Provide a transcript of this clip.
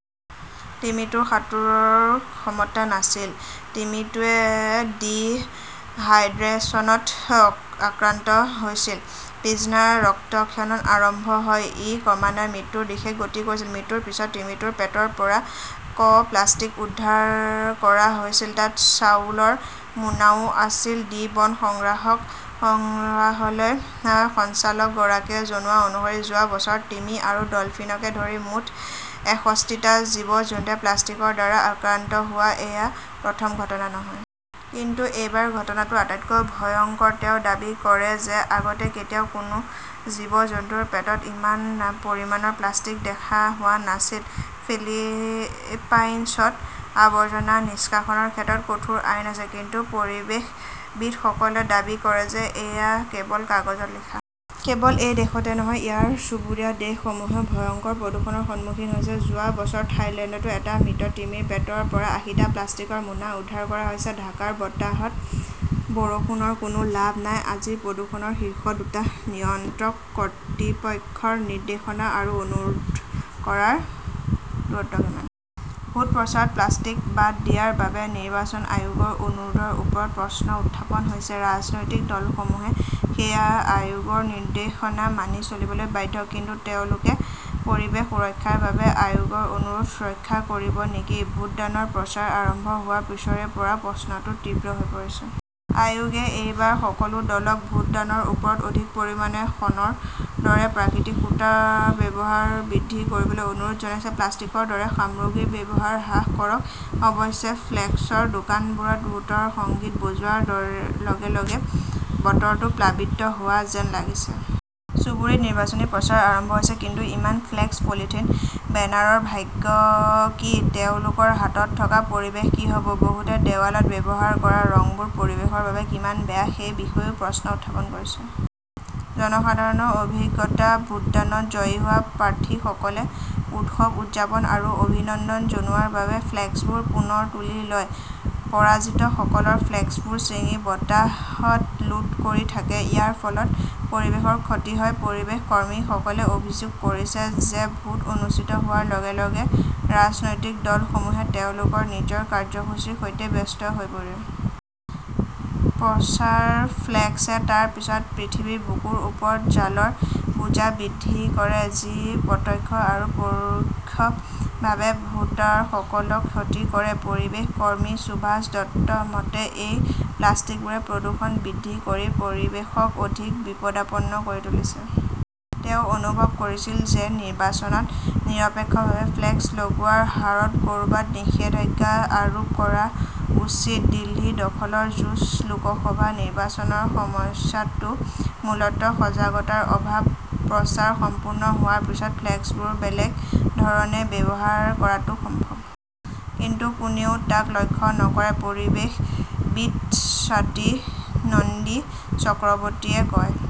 তিমিটোৰ সাঁতোৰৰ ক্ষমতা নাছিল। তিমিটোৱে ডিহাইড্ৰেছনত আক্ৰান্ত হৈছিল। পিছদিনা ৰক্তক্ষৰণ আৰম্ভ হয়। ই ক্ৰমান্বয়ে মৃত্যুৰ দিশে গতি কৰিছিল। মৃত্যুৰ পিছত তিমিটোৰ পেটৰ পৰা ক প্লাষ্টিক উদ্ধাৰ কৰা হৈছিল। তাত চাউলৰ মোনাও আছিল। ডি বন সংগ্ৰাহক সংগ্ৰহালয়ৰ সঞ্চালকগৰাকীয়ে জনোৱা অনুসৰি যোৱা বছৰত তিমি আৰু ডলফিনকে ধৰি মুঠ এষষ্ঠী টা জীৱ-জন্তুৱে প্লাষ্টিকৰ দ্বাৰা আক্ৰান্ত হোৱাৰ এয়া প্ৰথম ঘটনা নহয়। কিন্তু এইবাৰ ঘটনাটো আটাইতকৈ ভয়ংকৰ। তেওঁ দাবী কৰে যে আগতে কেতিয়াও কোনো জীৱ-জন্তুৰ পেটত ইমান পৰিমাণৰ প্লাষ্টিক দেখা পোৱা হোৱা নাছিল। ফিলিপাইনছত আৱৰ্জনা নিষ্কাশনৰ ক্ষেত্ৰত কঠোৰ আইন আছে। কিন্তু পৰিৱেশবিদসকলে দাবী কৰে যে এয়া কেৱল কাগজত লিখা। কেৱল এই দেশতে নহয়, ইয়াৰ চুবুৰীয়া দেশসমূহেও ভয়ংকৰ প্ৰদূষণৰ সন্মুখীন হৈছে। যোৱা বছৰ থাইলেণ্ডতো এটা মৃত তিমিৰ পেটৰ পৰা আশীটা প্লাষ্টিকৰ মোনা উদ্ধাৰ কৰা হৈছিল। ঢাকাৰ বতাহত বৰষুণৰ কোনো লাভ নাই, আজি প্ৰদূষণৰ শীৰ্ষ দুটা নিয়ন্ত্ৰক কৰ্তৃপক্ষৰ 'নিৰ্দেশনা' আৰু 'অনুৰোধ' দূৰত্ব কিমান? ভোট প্ৰচাৰত প্লাষ্টিক বাদ দিয়াৰ বাবে নিৰ্বাচন আয়োগৰ অনুৰোধৰ ওপৰত প্ৰশ্ন উত্থাপন হৈছে। ৰাজনৈতিক দলসমূহে সেই আয়োগৰ নিৰ্দেশনা মানি চলিবলৈ বাধ্য। কিন্তু তেওঁলোকে পৰিৱেশ সুৰক্ষাৰ বাবে আয়োগৰ 'অনুৰোধ 'ৰক্ষা কৰিব নেকি? ভোটদানৰ প্ৰচাৰ আৰম্ভ হোৱাৰ পিছৰে পৰা প্ৰশ্নটো তীব্ৰ হৈ পৰিছে। আয়োগে এইবাৰ সকলো দলক ভোটদানৰ ওপৰত অধিক পৰিমাণে শণৰ দৰে প্ৰাকৃতিক সূতাৰ ব্যৱহাৰ বৃদ্ধি কৰিবলৈ অনুৰোধ জনাইছে। প্লাষ্টিকৰ দৰে সামগ্ৰীৰ ব্যৱহাৰ হ্ৰাস কৰক। অৱশ্যে, ফ্লেক্সৰ দোকানবোৰত ভোটৰ সংগীত বজোৱাৰ লগে লগে বতৰটো প্লাবিত হোৱা যেন লাগিছে। চুবুৰীত নিৰ্বাচনী প্ৰচাৰ আৰম্ভ হৈছে। কিন্তু ইমান ফ্লেক্স, পলিথিন বেনাৰৰ ভাগ্য কি? তেওঁলোকৰ হাতত থকা পৰিৱেশৰ কি হ 'ব? বহুতে দেৱালত ব্যৱহাৰ কৰা ৰংবোৰ পৰিৱেশৰ বাবে কিমান বেয়া সেই বিষয়েও প্ৰশ্ন উত্থাপন কৰিছে। জনসাধাৰণৰ অভিজ্ঞতা, ভোটদানত জয়ী হোৱা প্ৰাৰ্থীসকলে উৎসৱ উদযাপন আৰু অভিনন্দন জনোৱাৰ বাবে ফ্লেক্সবোৰ পুনৰ তুলি লয়। পৰাজিতসকলৰ ফ্লেক্সবোৰ ছিঙি বতাহত লুট কৰি থাকে। ইয়াৰ ফলত পৰিৱেশৰ ক্ষতি হয়। পৰিৱেশ কৰ্মীসকলে অভিযোগ কৰিছে যে ভোট অনুষ্ঠিত হোৱাৰ লগে লগে ৰাজনৈতিক দলসমূহে তেওঁলোকৰ নিজৰ কাৰ্যসূচীৰ সৈতে ব্যস্ত হৈ পৰে। প্ৰচাৰ ফ্লেক্সে তাৰ পিছত পৃথিৱীৰ বুকুৰ ওপৰত জালৰ বোজা বৃদ্ধি কৰে। যি প্ৰত্যক্ষ আৰু পৰোক্ষভাৱে ভোটাৰসকলক ক্ষতি কৰে। পৰিৱেশ কৰ্মী সুভাষ দত্তৰ মতে, এই প্লাষ্টিকবোৰে প্ৰদূষণ বৃদ্ধি কৰি পৰিৱেশক অধিক বিপদাপন্ন কৰি তুলিছে। তেওঁ অনুভৱ কৰিছিল যে নিৰ্বাচনত নিৰপেক্ষভাৱে ফ্লেক্স লগোৱাৰ হাৰত কৰবাত নিষেধাজ্ঞা আৰোপ কৰা উচিত। দিল্লী দখলৰ যুঁজ, লোকসভা নিৰ্বাচনৰ সমস্যাটো মূলতঃ সজাগতাৰ অভাৱ। প্ৰচাৰ সম্পূৰ্ণ হোৱাৰ পিছত ফ্লেক্সবোৰ বেলেগ ধৰণে ব্যৱহাৰ কৰাটো সম্ভৱ। কিন্তু কোনেও তাক লক্ষ্য নকৰে, পৰিৱেশবিদ স্বাতী নন্দী চক্ৰৱৰ্তীয়ে কয়।